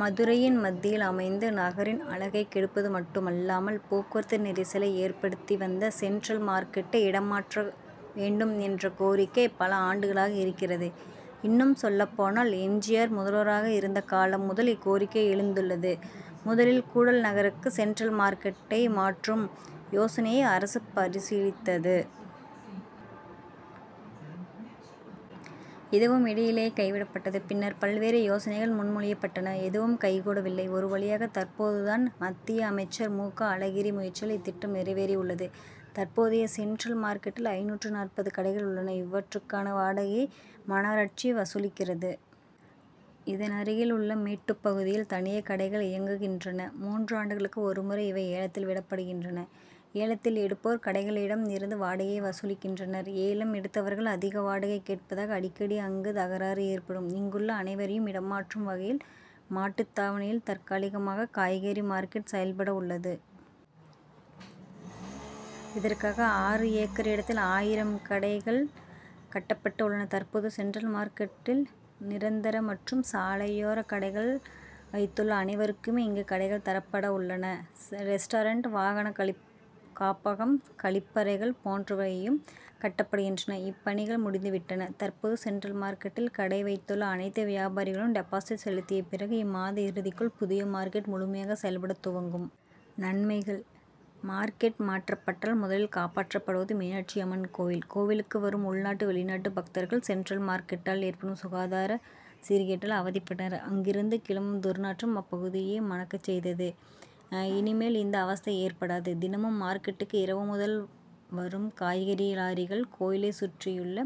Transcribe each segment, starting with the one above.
மதுரையின் மத்தியில் அமைந்து, நகரின் அழகைக் கெடுப்பது மட்டுமல்லாமல், போக்குவரத்து நெரிசலை ஏற்படுத்தி வந்த, சென்ட்ரல் மார்க்கெட்டை இடம் மாற்ற வேண்டும் என்ற கோரிக்கை, பல ஆண்டுகளாக இருக்கிறது. இன்னும் சொல்லப்போனால், எம். ஜி. ஆர்., முதல்வராக இருந்த காலம் முதல் இக்கோரிக்கை எழுந்துள்ளது. முதலில் கூடல்நகருக்கு சென்ட்ரல் மார்க்கெட்டை மாற்றும் யோசனையை அரசு பரிசீலித்தது. இதுவும் இடையிலேயே கைவிடப் பட்டது. பின்னர் பல்வேறு யோசனைகள் முன்மொழியப்பட்டன. எதுவும் கைகூடவில்லை. ஒரு வழியாக தற்போது தான், மத்திய அமைச்சர் மு. க. அழகிரி முயற்சியால் இத்திட்டம், நிறைவேறி உள்ளது. தற்போதைய சென்ட்ரல் மார்க்கெட்டில் ஐந்நூற்று நாற்பது கடைகள் உள்ளன. இவற்றுக்கான வாடகையைமாநகராட்சி வசூலிக்கிறது. இதன் அருகில் உள்ள மேட்டுப் பகுதியில் தனியே கடைகள் இயங்குகின்றன. மூன்று ஆண்டுகளுக்கு ஒரு முறை இவை ஏலத்தில் விடப்படுகின்றன. ஏலத்தில் எடுப்போர் கடைகளிடம் இருந்து வாடகையை வசூலிக்கின்றனர். ஏலம் எடுத்தவர்கள், அதிக வாடகை கேட்பதாக அடிக்கடி அங்கு தகராறு ஏற்படும். இங்குள்ள அனைவரையும் இடம் மாற்றும் வகையில், மாட்டுத்தாவணியில் தற்காலிகமாக காய்கறி மார்க்கெட் செயல்பட உள்ளது. இதற்காக ஆறு ஏக்கர் இடத்தில் ஆயிரம் கடைகள் கட்டப்பட்டு உள்ளன. தற்போது சென்ட்ரல் மார்க்கெட்டில் நிரந்தர மற்றும்சாலையோர கடைகள் வைத்துள்ள அனைவருக்குமே இங்கு கடைகள் தரப்பட உள்ளன. ரெஸ்ட்டாரென்ட், வாகன காப்பகம், கழிப்பறைகள் போன்றவையும் கட்டப்படுகின்றன. இப்பணிகள் முடிந்துவிட்டன. தற்போது சென்ட்ரல் மார்க்கெட்டில் கடை வைத்துள்ள அனைத்து வியாபாரிகளும் டெபாசிட் செலுத்திய பிறகு, இம்மாத இறுதிக்குள் புதிய மார்க்கெட் முழுமையாக செயல்படத் துவங்கும். நன்மைகள்: மார்க்கெட் மாற்றப் பட்டால் முதலில் காப்பாற்றப்படுவது மீனாட்சி அம்மன் கோயில். கோயிலுக்கு வரும் உள்நாட்டு, வெளிநாட்டு பக்தர்கள், சென்ட்ரல் மார்க்கெட்டால் ஏற்படும் சுகாதார சீர்கேட்டால் அவதிப்பட்டனர். அங்கிருந்து கிளம்பும் துர்நாற்றம், அப்பகுதியையே மணக்கச் செய்தது. இனிமேல் இந்த அவஸ்தை ஏற்படாது. தினமும் மார்க்கெட்டுக்கு இரவு முதல் வரும் காய்கறி லாரிகள், கோயிலைச் சுற்றியுள்ள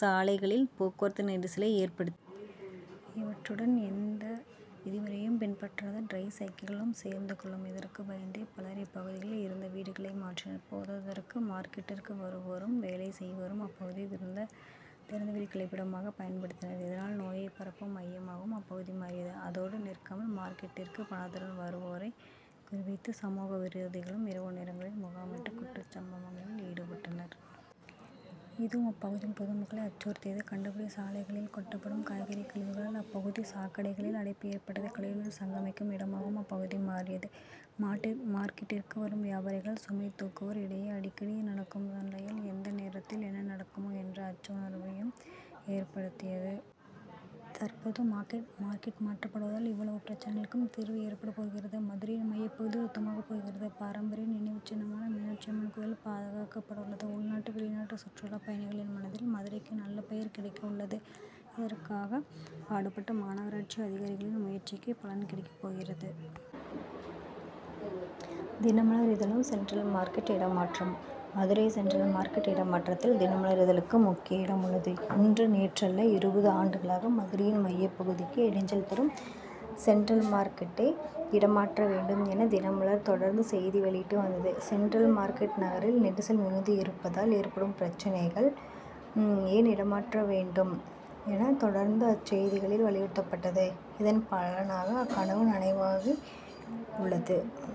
சாலைகளில் போக்குவரத்து நெரிசலை ஏற்படுத்தின. இவற்றுடன் எந்த விதிமுறையையும் பின்பற்றாத டிரைசைக்கிள்களும் சேர்ந்து கொள்ளும். இதற்கு பயந்தே பலர், இப்பகுதியில் இருந்தவீடுகளை மாற்றினர். போதாததற்கு மார்க்கெட்டிற்கு வருவோரும், வேலை செய்வோரும் அப்பகுதியை திறந்தவெளி கழிப்பிடமாக பயன்படுத்தினர். இதனால் நோயை பரப்பும் மையமாகவும் இப்பகுதி மாறியது. அதோடு நிற்காமல், மார்க்கெட்டிற்கு பணத்துடன் வருவோரை குறி வைத்து, சமூக விரோதிகளும் இரவு நேரங்களில் முகாமிட்டு, குற்றச்சம்பவங்களில் ஈடுபட்டனர். இதுவும் அப்பகுதி பொதுமக்களை அச்சுறுத்தியது. கண்டபடி சாலைகளில்கொட்டப்படும் காய்கறி கழிவுகளால், அப்பகுதி சாக்கடைகளில் அடைப்பு ஏற்பட்டது, கழிவு நீர் சங்கமிக்கும் இடமாகவும் அப்பகுதி மாறியது. மார்க்கெட்டிற்கு வரும் வியாபாரிகள், சுமை தூக்குவோர் இடையே அடிக்கடி நடக்கும் சண்டையால், எந்த நேரத்தில் என்ன நடக்குமோ என்ற அச்ச உணர்வையும் ஏற்படுத்தியது. தற்போது மார்க்கெட் மாற்றப்படுவதால், இவ்வளவு பிரச்னைகளுக்கும் தீர்வு ஏற்படப் போகிறது. மதுரையின் மையப்பகுதி சுத்தமாகப் போகிறது. பாரம்பரிய நினைவுச் சின்னமான, மீனாட்சி அம்மன் கோயில் பாதுகாக்கப்பட உள்ளது. உள்நாடு, வெளிநாட்டு சுற்றுலா பயணிகளின் மனதில் மதுரைக்கு நல்ல பெயர் கிடைக்க உள்ளது. இதற்காக பாடுபட்ட மாநகராட்சி அதிகாரிகளின் முயற்சிக்கு பலன் கிடைக்கப் போகிறது. தினமலர் இதழும்சென்ட்ரல் மார்க்கெட் இடமாற்றமும்:மதுரை சென்ட்ரல் மார்க்கெட் இடமாற்றத்தில் தினமலர் இதழுக்கு முக்கிய இடம் உள்ளது. இன்று நேற்றல்ல, இருபது ஆண்டுகளாக, மதுரையின் மைய பகுதிக்கு இடைஞ்சல் தரும் சென்ட்ரல் மார்க்கெட்டை இடமாற்ற வேண்டும் என தினமலர், தொடர்ந்து செய்தி வெளியிட்டு வந்தது. சென்ட்ரல் மார்க்கெட் நகரில் நெரிசல் மிகுந்த இடத்தில் இருப்பதால் ஏற்படும் பிரச்னைகள், ஏன் இடம் மாற்ற வேண்டும் என தொடர்ந்து அச்செய்திகளில் வலியுறுத்தப்பட்டது. இதன் பலனாக அக்கனவு, நனவாகி உள்ளது.